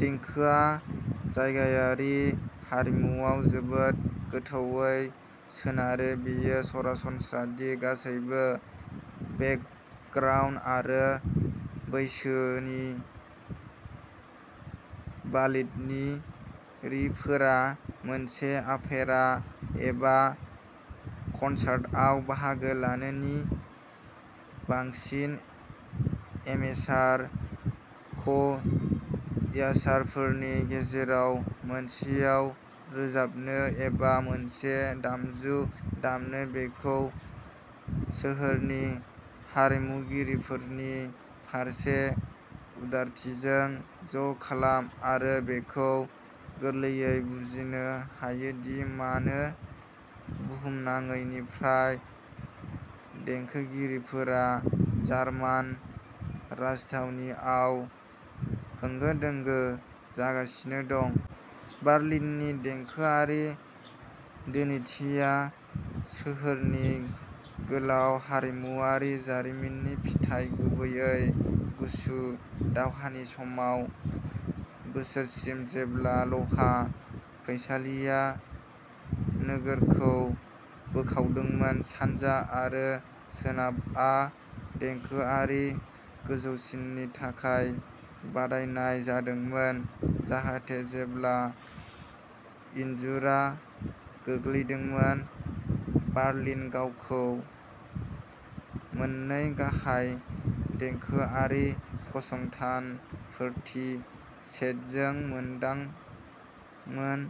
देंखोआ जायगायारि हारिमुआव जोबोद गोथौवै सोनारो। बेयो सरासनस्रा दि गासैबो बेकग्राउन्ड आरो बैसोनि बार्लिनारिफोरा मोनसे अपेरा एबा कनसार्टआव बाहागो लानो, नि बांसिन एमेचार क'यार्सफोरनि गेजेराव मोनसेयाव रोजाबनो, एबा मोनसे दामजु दामनो। बेखौ सोहोरनि आरिमुगिरिफोरनि फारसे उदारथिजों ज'खालाम आरो बेखौ गोरलैयै बुजिनो हायो दि मानो बुहुमनाङैनिफ्राय देंखोगिरिफोरा जार्मान राजथावनिआव होंगो-दोंगो जागासिनो दं। बार्लिन्नि देंखोआरि धोनिथिया सोहोरनि गोलाव हारिमुआरि जारिमिननि फिथाय, गुबैयै गुसु दावहानि समावः बोसोरसिम जेब्ला लहा फैसालिआ नोगोरखौ बोखावदोंमोन, सानजा आरो सोनाबआ देंखोआरि गोजौसिननि थाखाय बादायनाय जादोंमोन, जाहाथे जेब्ला इनजुरआ गोग्लैदोंमोन, बार्लिना गावखौ मोननै गाहाय देंखोआरि फसंथानफोरनि सेटजों मोनदोंमोन,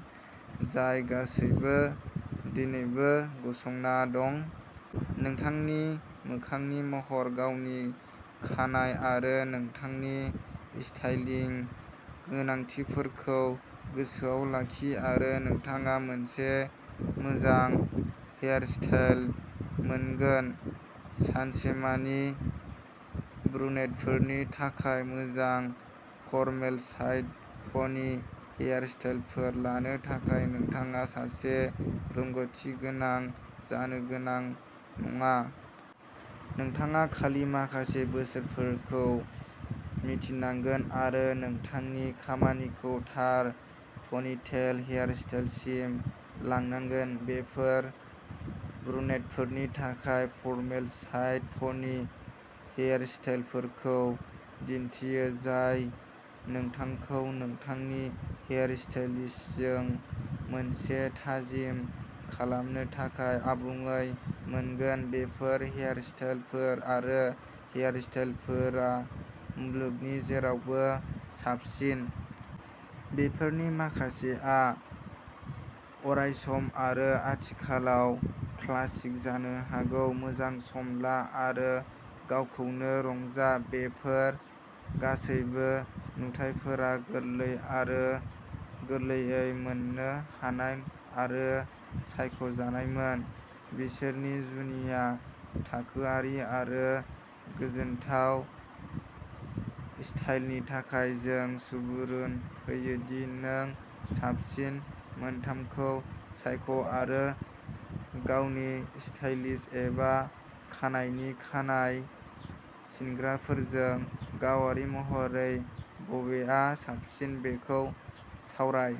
जाय गासैबो दिनैबो गसंना दं। नोंथांनि मोखांनि महर, गावनि खानाय, आरो नोंथांनि स्टाइलिं गोनांथिफोरखौ गोसोआव लाखि आरो नोंथाङा मोनसे मोजां हेयारस्टाइल मोनगोन। सानसेमानि ब्रुनेटफोरनि थाखाय मोजां फरमेल साइड पनि हेयारस्टाइलफोर लानो थाखाय नोंथाङा सासे रोंग'थिगोनां जानो गोनां नङा। नोंथाङा खालि माखासे बोसोनफोरखौ मिथिनांगोन आरो नोंथांनि खामानिखौ थार पनिटेल हेयारस्टाइलसिम लांनांगोन। बेफोर ब्रुनेटफोरनि थाखाय फरमेल साइड पनि हेयारस्टाइलफोरखौ दिन्थियो, जाय नोंथांखौ नोंथांनि हेयारस्टाइलिस्टजों मोनसे थाजिम खालामनो थाखाय आबुङै मोनगोन। बेफोर हेयारस्टाइलफोर आरो हेयारकाटफोरा मुलुगनि जेरावबो साबसिन। बेफोरनि माखासेआ अरायसम आरो आथिखालाव क्लासिक जानो हागौ। मोजां सम ला आरो गावखौनो रंजा, बेफोर गासैबो नुथाइफोरा गोरलै आरो गोरलैयै मोननो हानाय आरो सायख'जानायमोन। बिसोरनि जुनिया थाखोआरि आरो गोजोनथाव स्टाइलनि थाखाय। जों सुबुरुन होयो दि नों साबसिन मोनथामखौ सायख'आरो गावनि स्टाइलिस्ट एबा खानाइनि खानाय सिनग्राफोरजों गावारि महरै बबेआ साबसिन बेखौ सावराय।